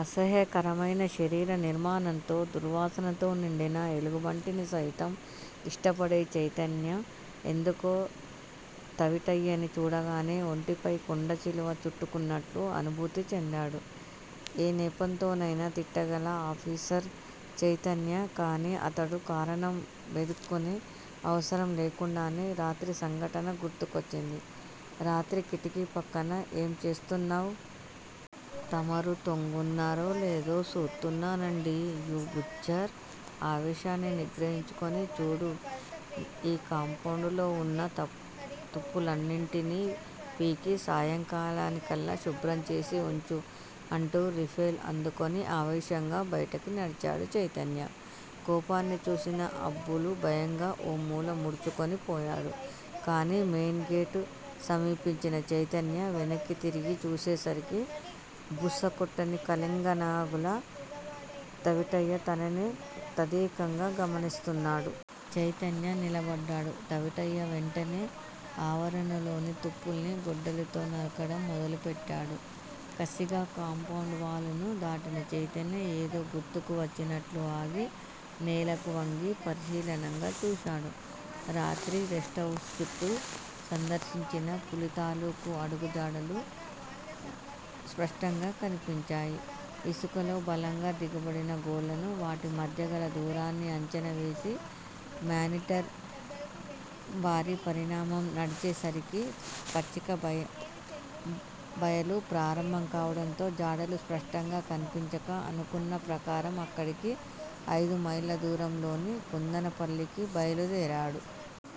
అసహ్యకరమయిన శరీర నిర్మాణంతో, దుర్వాసనతో నిండిన ఎలుగుబంటిని సైతం ఇష్టపడే చైతన్య ఎందుకో తవిటయ్యని చూడగానే ఒంటిపై కొండచిలువ చుట్టుకుంటున్నట్టు అనుభూతి చెందాడు. ఏ నెపంతోనయినా తిట్టగల ఆఫీసరు చైతన్య. కాని, అతడు కారణం వెదుక్కునే అవసరం లేకుండానే రాత్రి సంఘటన గుర్తుకొచ్చింది. రాత్రి కిటికీ పక్కన ఏం చేస్తున్నావు? తమరు తొంగున్నారో, నేదో సూతున్నానండి. You butcher! ఆవేశాన్ని నిగ్రహించుకుని, చూడూ! ఈ కాంపౌండ్ లోవున్న తుప్పులన్నింటినీ పీకి సాయంకాలానికల్లా శుభ్రం చేసి వుంచు అంటూ రైఫిల్ అందుకుని ఆవేశంగా బయటికినడిచాడు. చైతన్య కోపాన్ని చూసిన అబ్బులు భయంగా ఓమూల ముడుచుకు పోయాడు. కాని__ మెయిన్ గేటు సమీపించిన చైతన్య వెనక్కి తిరిగి చూసేసరికి బుసకొట్టని కళింగనాగులా తవిటయ్య తననే తదేకంగా గమనిస్తున్నాడు. చైతన్య నిలబడ్డాడు. తవిటయ్య వెంటనే ఆవరణలోకి తుప్పల్ని గొడ్డలితో నరకడం మొదలు పెట్టాడు కసిగా. కాంపౌండ్ వాల్ ను దాటిన చైతన్య ఏదో గుర్తు వచ్చినట్టు ఆగి నేలకు వంగి పరిశీలనగా చూశాడు. రాత్రి రెస్టుహౌస్ చుట్టూ సంచరించిన పులితాలూకు అడుగుజాడలు స్పష్టంగా కనిపించాయి. ఇసకలో బలంగా దిగబడిన గోళ్ళను వాటి మధ్యగల దూరాన్ని అంచనావేసి మానీటర్ భారీ పరిమాణం నడిచేసరికి పచ్చిక బయలు ప్రారంభం కావడంతో జాడలు స్పష్టంగా కనిపించక, అనుకున్న ప్రకారం అక్కడికి అయిదు మైళ్ళ దూరంలోని కుందనపల్లికి బయలుదేరాడు.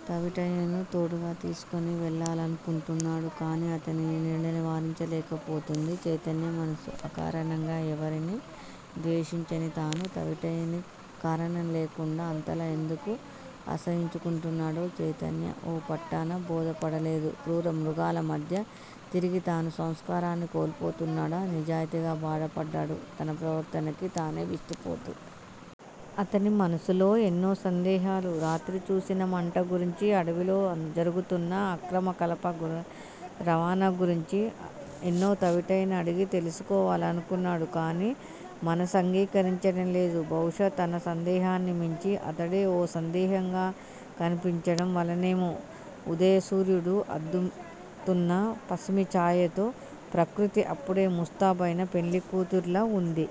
తవిటయ్యని తోడుగా తీసుకుని వెళ్ళాలనుకున్నాడు కాని, అతని నీడనే వారించలేకపోతూంది చైతన్య మనసు. ఆకారణంగా ఎవర్నీ ద్వేషించని తను తవిటయ్యని కారణం లేకుండానే అంతలా ఎందుకు అసహ్యించుకుంటున్నాడో చైతన్య ఓ పట్టాన బోధపడలేదు. క్రూరమృగాల మధ్య తిరిగి తనూ సంస్కారాన్ని కోల్పోతున్నాడా? నిజాయితీగా బాధపడ్డాడు తన ప్రవర్తనకి తనే విస్తుపోతూ. అతని మనసులో ఎన్నో సందేహాలూ రాత్రి చూసిన మంట గురించి, అడవిలో జరుగుతున్న అక్రమ కలప రవాణాగురించి ఎన్నో తవిటయ్య నడిగి తెలుసుకోవాలనుకున్నాడు. కాని, మనస్కరించడంలేదు. బహుశా తన సందేహాన్ని మించి అతడే ఓ సందేహంగా కనిపించటం వలనేమో. ఉదయ సూర్యుడు అద్దుతున్న పసిమి చాయతో ప్రకృతి అప్పుడే ముస్తాబైన పెళ్ళికూతురిలా వుంది.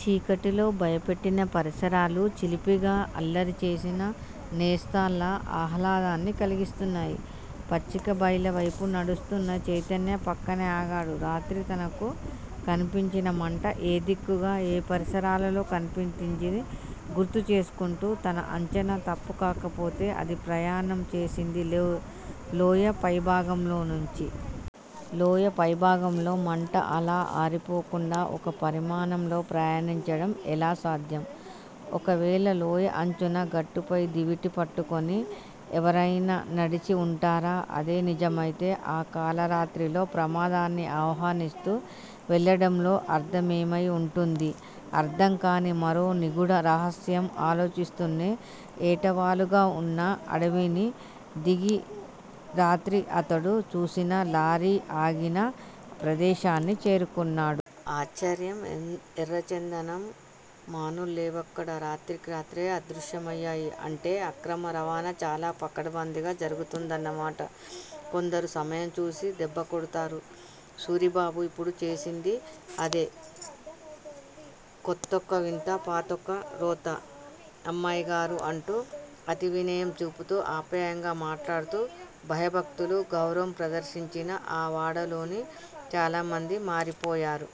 చీకటిలో భయపెట్టిన పరిసరాలు చిలిపిగా అల్లరిచేసిన నేస్తాల్లా ఆహ్లాదాన్ని కలిగిస్తున్నాయి. పచ్చిక బయళ్ళపై నడుస్తున్న చైతన్య పక్కన ఆగాడు, రాత్రి తనకు కనిపించిన మంట ఏ దిక్కుగా, ఏ పరిసరాల్లో కనిపించిందీ గుర్తు చేసుకుంటూ. తన అంచనా తప్పుకాకపోతే అది ప్రయాణం చేసింది లోయ పైభాగంలో నుంచి. లోయ పైభాగంలో మంట అలా ఆరిపోకుండా ఒక పరిమాణంలో ప్రయాణించడం ఎలా సాధ్యం. ఒకవేళ లోయ అంచున గట్టుపై దివిటీ పట్టుకుని ఎవరైైననడిచి ఉంటారా? అదే నిజమయితే ఆ కాళరాత్రిలో ప్రమాదాన్ని ఆహ్వానిస్తూ వెళ్ళడంలో అర్ధమేమయి వుంటుంది? అర్ధం కాని మరో నిగూఢ రహస్యం. ఆలోచిస్తూనే ఏటవాలుగావున్న అడవిని దిగి రాత్రి అతడు చూసిన లారీ ఆగిన ప్రదేశాన్ని చేరుకున్నాడు. ఆశ్చర్యం. ఎర్రచందనం మానుల్లేవక్కడ. రాత్రికి రాత్రే అదృశ్యమయ్యాయి. అంటే అక్రమ రవాణా చాలా పకడ్భందీగా జరుగుతుందన్నమాట. కొందరు సమయంచూసి దెబ్బకొడతారు. సూరిబాబు ఇప్పుడు చేసింది అదే. కొత్తొక వింత పాతొక రోత! అమ్మాయిగారూ! అంటూ అతివినయం చూపుతూ ఆప్యాయంగా మాట్లాడుతూ భయభక్తులు గౌరవం ప్రదర్శించిన ఆ వాడలోని చాలామంది మారిపోయారు.